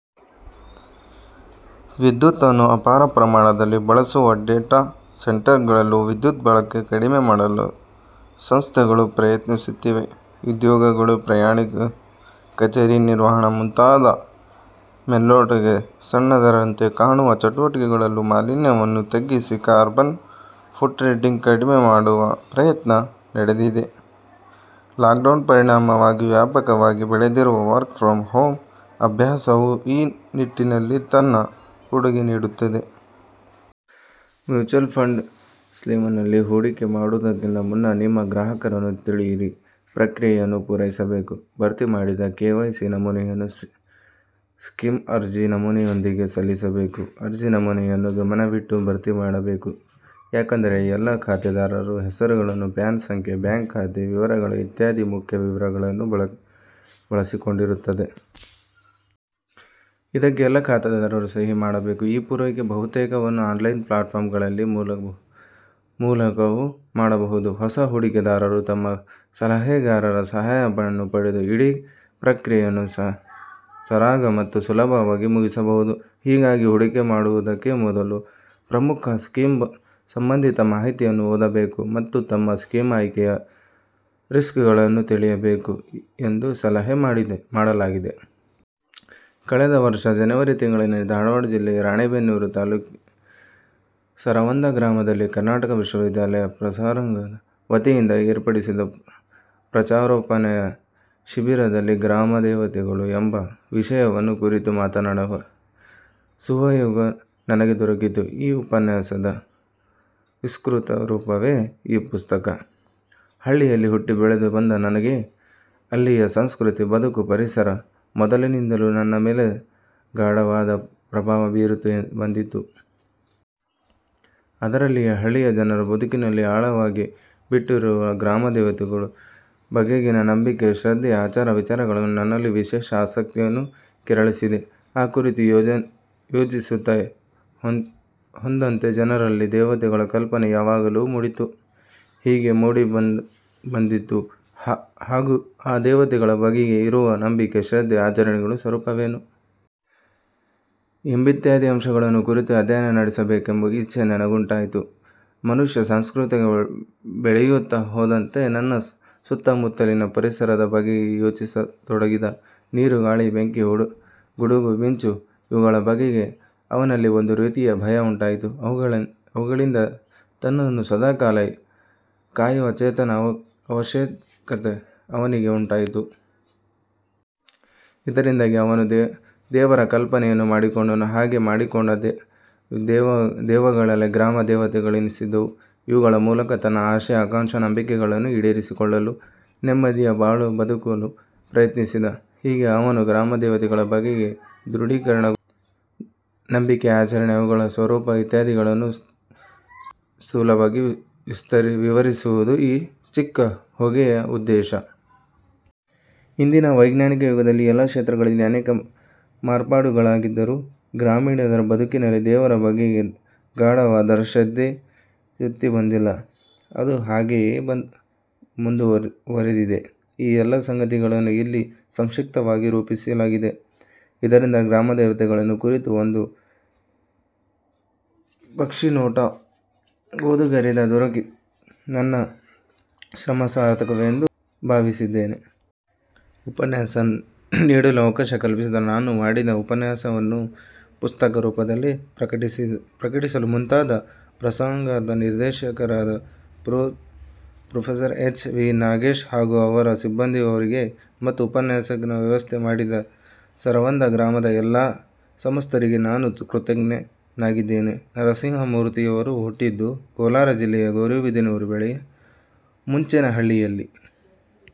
ವಿದ್ಯುತ್ತನ್ನು ಅಪಾರ ಪ್ರಮಾಣದಲ್ಲಿ ಬಳಸುವ ಡೇಟಾಸೆಂಟರುಗಳಲ್ಲೂ ವಿದ್ಯುತ್ ಬಳಕೆ ಕಡಿಮೆ ಮಾಡಲು ಸಂಸ್ಥೆಗಳು ಪ್ರಯತ್ನಿಸುತ್ತಿವೆ. ಉದ್ಯೋಗಿಗಳ ಪ್ರಯಾಣ, ಕಚೇರಿ ನಿರ್ವಹಣೆ ಮುಂತಾದ ಮೇಲ್ನೋಟಕ್ಕೆ ಸಣ್ಣದರಂತೆ ಕಾಣುವ ಚಟುವಟಿಕೆಗಳಲ್ಲೂ ಮಾಲಿನ್ಯವನ್ನು ತಗ್ಗಿಸಿ ಕಾರ್ಬನ್ ಫುಟ್ಪ್ರಿಂಟ್ ಕಡಿಮೆ ಮಾಡುವ ಪ್ರಯತ್ನ ನಡೆದಿದೆ. ಲಾಕ್ಡೌನ್ ಪರಿಣಾಮವಾಗಿ ವ್ಯಾಪಕವಾಗಿ ಬೆಳೆದಿರುವ ವರ್ಕ್ ಫ್ರಮ್ ಹೋಮ್ ಅಭ್ಯಾಸವೂ ಈ ನಿಟ್ಟಿನಲ್ಲಿ ತನ್ನ ಕೊಡುಗೆ ನೀಡುತ್ತಿದೆ. ಮ್ಯೂಚುವಲ್ ಫಂಡ್ ಸ್ಕೀಮ್ನಲ್ಲಿ ಹೂಡಿಕೆ ಮಾಡುವುದಕ್ಕೂ ಮುನ್ನ, ನಿಮ್ಮ ಗ್ರಾಹಕರನ್ನು ತಿಳಿಯಿರಿ ಪ್ರಕ್ರಿಯೆಯನ್ನು ಪೂರೈಸಬೇಕು. ಭರ್ತಿ ಮಾಡಿದ ಕೆವೈಸಿ ನಮೂನೆಯನ್ನು ಸ್ಕೀಮ್ ಅರ್ಜಿ ನಮೂನೆಯೊಂದಿಗೆ ಸಲ್ಲಿಸಬೇಕು. ಅರ್ಜಿ ನಮೂನೆಯನ್ನು ಗಮನವಿಟ್ಟು ಭರ್ತಿ ಮಾಡಬೇಕು. ಯಾಕೆಂದರೆ, ಎಲ್ಲ ಖಾತೆದಾರರ ಹೆಸರುಗಳು, ಪ್ಯಾನ್ ಸಂಖ್ಯೆ, ಬ್ಯಾಂಕ್ ಖಾತೆ ವಿವರಗಳು ಇತ್ಯಾದಿ ಪ್ರಮುಖ ವಿವರಗಳನ್ನು ಒಳಗೊಂಡಿರುತ್ತದೆ. ಇದಕ್ಕೆ ಎಲ್ಲ ಖಾತೆದಾರರೂ ಸಹಿ ಮಾಡಬೇಕು. ಈ ಪೈಕಿ ಬಹುತೇಕವನ್ನು ಆನ್ಲೈನ್ ಪ್ಲಾಟ್ಫಾರಂಗಳ ಮೂಲಕವೂ ಮಾಡಬಹುದು. ಹೊಸ ಹೂಡಿಕೆದಾರರು ತಮ್ಮ ಸಲಹೆಗಾರರ ಸಹಾಯವನ್ನು ಪಡೆದು ಇಡೀ ಪ್ರಕ್ರಿಯೆಯನ್ನು ಸರಾಗ ಮತ್ತು ಸುಲಭವಾಗಿ ಮುಗಿಸಬಹುದು. ಹೀಗಾಗಿ, ಹೂಡಿಕೆ ಮಾಡುವುದಕ್ಕೂ ಮೊದಲು ಪ್ರಮುಖ ಸ್ಕೀಮ್ ಸಂಬಂಧಿತ ಮಾಹಿತಿಯನ್ನು ಓದಬೇಕು ಮತ್ತು ತಮ್ಮ ಸ್ಕೀಮ್ ಆಯ್ಕೆಯ ರಿಸ್ಕ್ಗಳನ್ನು ತಿಳಿಯಬೇಕು ಎಂದು ಸಲಹೆ ಮಾಡಲಾಗಿದೆ. ಕಳೆದ ವರ್ಷ ಜನೆವರಿ ತಿಂಗಳಿನಲ್ಲಿ ಧಾರವಾಡ ಜಿಲ್ಲೆಯ ರಾಣೇಬೆನ್ನೂರ ತಾಲೂಕಿನ ಸರವಂದ ಗ್ರಾಮದಲ್ಲಿ ಕರ್ನಾಟಕ ವಿಶ್ವವಿದ್ಯಾಲಯದ ಪ್ರಸಾರಾಂಗದ ವತಿಯಿಂದ ಏರ್ಪಡಿಸಿದ್ದ ಪ್ರಚಾರೋಪನ್ಯಾಸ ಶಿಬಿರದಲ್ಲಿ 'ಗ್ರಾಮದೇವತೆಗಳು' ಎಂಬ ವಿಷಯವನ್ನು ಕುರಿತು ಮಾತನಾಡುವ ಸುಯೋಗವು ನನಗೆ ದೊರೆಕಿತ್ತು. ಆ ಉಪನ್ಯಾಸದ ವಿಸ್ತೃತರೂಪವೇ ಈ ಪಸ್ತಕ. ಹಳ್ಳಿಯಲ್ಲಿ ಹುಟ್ಟಿ ಬೆಳೆದು ಬಂದ ನನಗೆ ಅಲ್ಲಿಯ ಸಂಸ್ಕೃತಿ, ಬದುಕು, ಪರಿಸರ, ಮೊದಲಿನಿಂದಲೂ ನನ್ನ ಮೇಲೆ ಗಾಢವಾದ ಪ್ರಭಾವ ಬೀರುತ್ತ ಬಂದಿವೆ. ಅದರಲ್ಲಿಯೇ ಹಳ್ಳಿಯ ಜನರ ಬದುಕಿನಲ್ಲಿ ಆಳವಾಗಿ ಬೇರುಬಿಟ್ಟಿರುವ ಗ್ರಾಮದೇವತೆಗಳ ಬಗೆಗಿನ ನಂಬಿಕೆ, ಶ್ರದ್ಧೆ, ಆಚಾರ, ವಿಚಾರಗಳು, ನನ್ನಲ್ಲಿ ವಿಶೇಷ ಆಸಕ್ತಿಯನ್ನು ಕೆರಳಿಸಿದವು. ಆ ಕುರಿತು ಯೋಚಿಸುತ್ತ ಹೋದಂತೆ ಜನಪದರಲ್ಲಿ ದೇವತೆಗಳ ಕಲ್ಪನೆ ಯಾವಾಗ ಮೂಡಿತು. ಹೇಗೆ ಮೂಡಿಬಂದಿತು? ಹಾಗೂ ಆ ದೇವತೆಗಳ ಬಗೆಗೆ ಇರುವ ನಂಬಿಕೆ, ಶ್ರದ್ಧೆ ಆಚರಣೆಗಳ ಸ್ವರೂಪವೇನು? ಎಂಬಿತ್ಯಾದಿ ಅಂಶಗಳನ್ನು ಕುರಿತು ಅಧ್ಯಯನ ನಡೆಸಬೇಕೆಂಬ ಇಚ್ಛೆ ನನಗುಂಟಾಯಿತು. ಮನುಷ್ಯ ಸಾಂಸ್ಕೃತಿಕವಾಗಿ ಬೆಳೆಯುತ್ತ ಹೋದಂತೆ ತನ್ನ ಸುತ್ತ ಮುತ್ತಲಿನ ಪರಿಸರದ ಬಗೆಗೆ ಯೋಚಿಸತೊಡಗಿದ. ನೀರು, ಗಾಳಿ, ಬೆಂಕಿ, ಗುಡುಗು, ಮಿಂಚು ಇವುಗಳ ಬಗೆಗೆ ಅವನಲ್ಲಿ ಒಂದು ರೀತಿಯ ಭಯ ಉಂಟಾಯಿತು ಅವುಗಳಿಂದ ತನ್ನನ್ನು ಸದಾ ಕಾಲ ಕಾಯುವ ಚೇತನದ ಅವಶ್ಯಕತೆ ಅವನಿಗೆ ಉಂಟಾಯಿತು. ಇದರಿಂದಾಗಿ ಅವನು ದೇವರ ಕಲ್ಪನೆಯನ್ನು ಮಾಡಿಕೊಂಡ. ಹಾಗೆ ಮಾಡಿಕೊಂಡ ದೆವಗಳೇ ಗ್ರಾಮ ದೇವತೆಗಳೆನಿಸಿದವು. ಇವುಗಳ ಮೂಲಕ ತನ್ನ ಆಶೆ, ಆಕಾಂಕ್ಷೆ, ನಂಬಿಕೆಗಳನ್ನು ಈಡೇರಿಸಿಕೊಳ್ಳಲು, ನೆಮ್ಮದಿಯ ಬಾಳು ಬದುಕಲು ಪ್ರಯತ್ನಿಸಿದ. ಹೀಗೆ ಅವನು ಗ್ರಾಮದೇವತೆಗಳ ಬಗೆಗೆ ರೂಢಿಸಿಕೊಂಡ ನಂಬಿಕೆ, ಆಚರಣೆ, ಅವುಗಳ ಸ್ವರೂಪ ಇತ್ಯಾದಿಗಳನ್ನು ಸ್ಥೂಲವಾಗಿ ವಿವರಿಸುವದು ಈ ಚಿಕ್ಕ ಹೊತ್ತಿಗೆಯ ಉದ್ದೇಶ. ಇಂದಿನ ವೈಜ್ಞಾನಿಕಯುಗದಲ್ಲಿ ಎಲ್ಲ ಕ್ಷೇತ್ರಗಳಲ್ಲಿ ಅನೇಕ ಮಾರ್ಪಾಡುಗಳಾಗಿದ್ದರೂ ಗ್ರಾಮೀಣರ ಬದುಕಿನಲ್ಲಿ ದೇವರ ಬಗೆಗಿದ್ದ ಗಾಢವಾದ ಶ್ರದ್ಧೆಗೆ ಚ್ಯುತಿ ಬಂದಿಲ್ಲ. ಅದು ಹಾಗೆಯೇ ಮುಂದುವರೆದಿದೆ. ಈ ಎಲ್ಲ ಸಂಗತಿಗಳನ್ನು ಇಲ್ಲಿ ಸಂಕ್ಷಿಪ್ತವಾಗಿ ನಿರೂಪಿಸಲಾಗಿದೆ. ಇದರಿಂದ ಗ್ರಾಮದೇವತೆಗಳನ್ನು ಕುರಿತು ಒಂದು ಪಕ್ಷಿನೋಟ ಓದುಗರಿಗೆ ದೊರೆತರೆ ನನ್ನ ಶ್ರಮ ಸಾರ್ಥಕವೆಂದು ಭಾವಿಸಿದ್ದೇನೆ. ಉಪನ್ಯಾಸ ನೀಡಲು ಅವಕಾಶ ಕಲ್ಪಿಸಿ ನಾನು ಮಾಡಿದ ಉಪನ್ಯಾಸವನ್ನು ಪುಸ್ತಕ ರೂಪದಲ್ಲಿ ಪ್ರಕಟಿಸಲು ಮುಂದಾದ ಪ್ರಸಾರಾಂಗದ ನಿರ್ದೇಶಕರಾದ ಪ್ರೊ ಎಚ್. ವಿ. ನಾಗೇಶ್ ಹಾಗೂ ಅವರ ಸಿಬ್ಬಂದಿಯವರಿಗೆ, ಮತ್ತು ಉಪನ್ಯಾಸದ ವ್ಯವಸ್ಥೆ ಮಾಡಿದ ಸರವಂದ ಗ್ರಾಮದ ಎಲ್ಲ ಸಮಸ್ತರಿಗೆ ನಾನು ಕೃತಜ್ಞನಾಗಿದ್ದೇನೆ. ನರಸಿಂಹಮೂರ್ತಿಯವರು ಹುಟ್ಟಿದ್ದು ಕೋಲಾರ ಜಿಲ್ಲೆಯ ಗೌರಿಬಿದನೂರಿನ ಬಳಿಯ ಮಂಚೇನಹಳ್ಳಿಯಲ್ಲಿ.